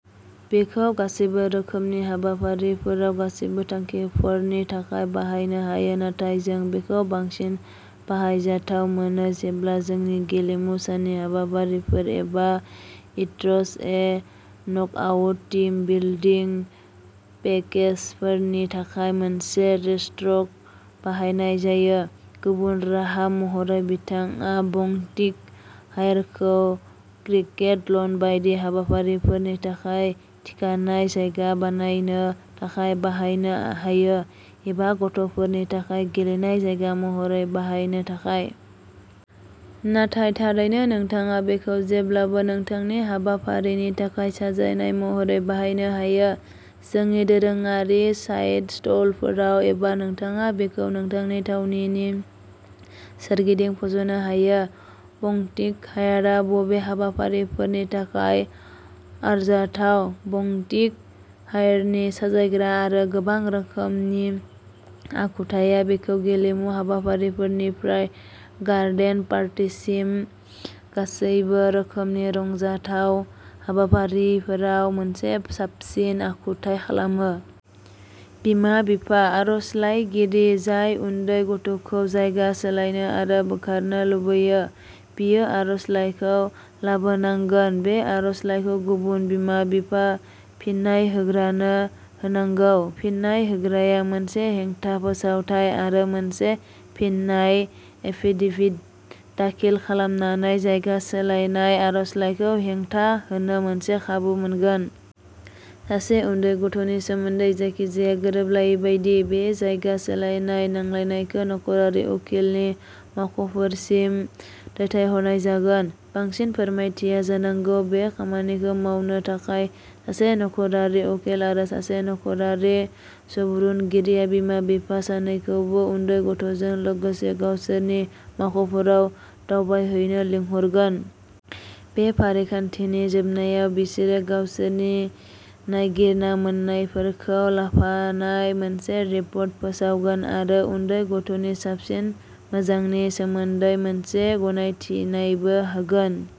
बेखौ गासैबो रोखोमनि हाबाफारिफोराव, गासैबो थांखिफोरनि थाखाय बाहायनो हायो, नाथाय जों बेखौ बांसिन बाहायजाथाव मोनो जेब्ला जोंनि गेलेमु साननि हाबाफारिफोर एबा it's a knockout team building पेकेजफोरनि थाखाय मोनसे रेसट्रेक बाहायनाय जायो। गुबुन राहा महरै नोंथाङा बंटिंग हायरखौ क्रकेट लन बायदि हाबाफारिफोरनि थाखाय थिखानाय जायगा बानायनो थाखाय बाहायनो हायो एबा गथ'फोरनि थाखाय गेलेनाय जायगा महरै बाहायनो थाखाय। नाथाय थारैनो, नोंथाङा बेखौ जेब्लाबो नोंथांनि हाबाफारिनि थाखाय साजायनाय महरै बाहायनो हायो, जोंनि दोरोङारि साइड स्ट'लफोराव एबा नोंथाङा बेखौ नोंथांनि थावनिनि सोरगिदिं फज'नो हायो। बंटिंग हायरआ बबे हाबाफारिफोरनि थाखाय आरजाथाव? बंटिंग हायरनि साजायग्रा आरो गोबां रोखोमनि आखुथाया बेखौ गेलेमु हाबाफारिफोरनिफ्राय गार्डेन पार्टीफोरसिम गासैबो रोखोमनि रंजाथाव हाबाफारिफोराव मोनसे साबसिन आखुथाय खालामो! बिमा-बिफा, आर'जलाइगिरि, जाय उन्दै गथ'खौ जायगा सोलायनो आरो बोखारनो लुबैयो, बियो आर'जलाइखौ लाबोनांगोन। बे आर'जलाइखौ गुबुन बिमा-बिफा, फिन्नाय होग्रानो होनांगौ। फिन्नाय होग्राया मोनसे हेंथा फोसावथाइ आरो मोनसे फिननाय एफिडेभिट दाखिल खालामनानै जायगा सोलायनाय आर'जलाइखौ हेंथा होनो मोनसे खाबु मोनगोन। सासे उन्दै गथ'नि सोमोन्दै जायखिजाया गोरोबलायै बायदि, बे जायगा सोलायनाय नांलायनायखौ नख'रारि उकिलनि मावख'फोरसिम दैथायहरनाय जागोन। बांसिन फोरमायथिया जानांगौ बे खामानिखौ मावनो थाखाय सासे नख'रारि उकिल आरो सासे नख'रारि सुबुरुनगिरिआ बिमा-बिफा सानैखौबो, उन्दै गथ'जों लोगोसे, गावसोरनि मावख'फोराव दावबायहैनो लिंहरगोन। बे फारिखान्थिनि जोबनायाव, बिसोरो गावसोरनि नागिरना मोन्नायफोरखौ लाफानाय मोनसे रिपर्ट फोसावगोन आरो उन्दै गथ'नि साबसिन मोजांनि सोमोन्दै मोनसे गनायथिनायबो होगोन।